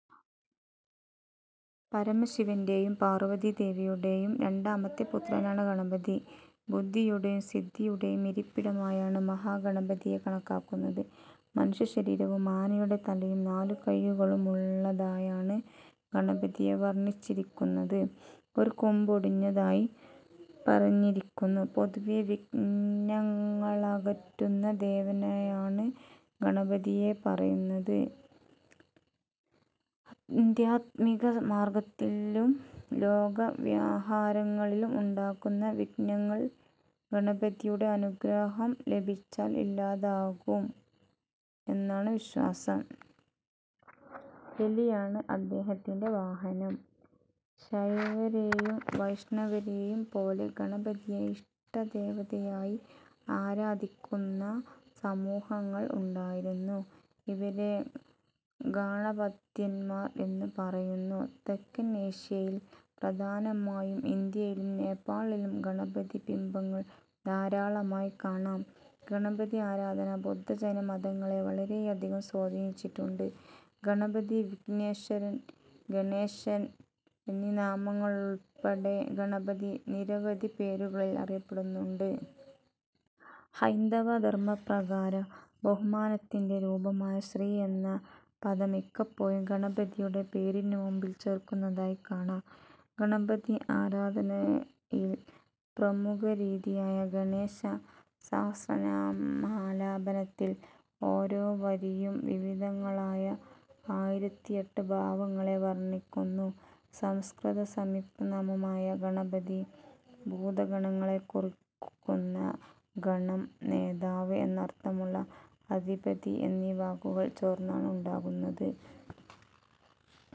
പരമശിവന്റേയും പാർവതിദേവിയുടേയും രണ്ടാമത്തെ പുത്രനാണ് ഗണപതി. ബുദ്ധിയുടെയും സിദ്ധിയുടേയും ഇരിപ്പിടമായാണ് മഹാ ഗണപതിയെ കണക്കാക്കുന്നത്. മനുഷ്യ ശരീരവും ആനയുടെ തലയും നാലു കയ്യുകളുമുള്ളതായാണ് ഗണപതിയെ വർണ്ണിച്ചിരിയ്ക്കുന്നത്. ഒരു കൊമ്പ് ഒടിഞ്ഞതായി പറഞ്ഞിരിയ്ക്കുന്നു. പൊതുവേ വിഘ്നങ്ങളകറ്റുന്ന ദേവനായാണ് ഗണപതിയെ പറയുന്നത്. അധ്യാത്മിക മാർഗ്ഗത്തിലും ലോക വ്യവഹാരങ്ങളിലും ഉണ്ടാകുന്ന വിഘ്നങ്ങൾ ഗണപതിയുടെ അനുഗ്രഹം ലഭിച്ചാൽ ഇല്ലാതെയാകും എന്നാണ് വിശ്വാസം. എലിയാണ് അദ്ദേഹത്തിന്റെ വാഹനം. ശൈവരേയും വൈഷ്ണവരേയും പോലെ ഗണപതിയെ ഇഷ്ടദേവതയായി ആരാധിയ്ക്കുന്ന സമൂഹങ്ങൾ ഉണ്ടായിരുന്നു. ഇവരെ ഗാണപത്യന്മാർ എന്നു പറയുന്നു. തെക്കൻ ഏഷ്യയിൽ, പ്രധാനമായും ഇന്ത്യയിലും നേപ്പാളിലും ഗണപതി ബിംബങ്ങൾ ധാരാളമായി കാണാം. ഗണപതി ആരാധന ബുദ്ധ-ജൈനമതങ്ങളെ വളരെയധികം സ്വാധീനിച്ചിട്ടുണ്ട്. ഗണപതി, വിഘ്നേശ്വരൻ, ഗണേശൻ എന്നീ നാമങ്ങളുൾപ്പെടെ ഗണപതി നിരവധി പേരുകളിൽ അറിയപ്പെടുന്നുണ്ട്. ഹൈന്ദവ ധർമ്മപ്രകാരം ബഹുമാനത്തിന്റെ രൂപമായ 'ശ്രീ' എന്ന പദം മിക്കപ്പോഴും ഗണപതിയുടെ പേരുനു മുൻപിൽ ചേർക്കുന്നതായി കാണാം. ഗണപതി ആരാധനയിൽ പ്രമുഖരീതിയായ 'ഗണേശ സഹസ്രനാമാലാപനത്തിൽ' ഓരോവരിയും, വിവിധങ്ങളായ ആയിരത്തിയെട്ട് ഭാവങ്ങളെ വർണ്ണിക്കുന്നു. സംസ്കൃത സംയുക്തനാമമായ ഗണപതി, ഭൂതഗണങ്ങളെ കുറിക്കുന്ന ഗണം നേതാവ് എന്നർത്ഥമുള്ള അധിപതി എന്നീ വാക്കുകൾ ചേർന്നാണ് ഉണ്ടാകുന്നത്.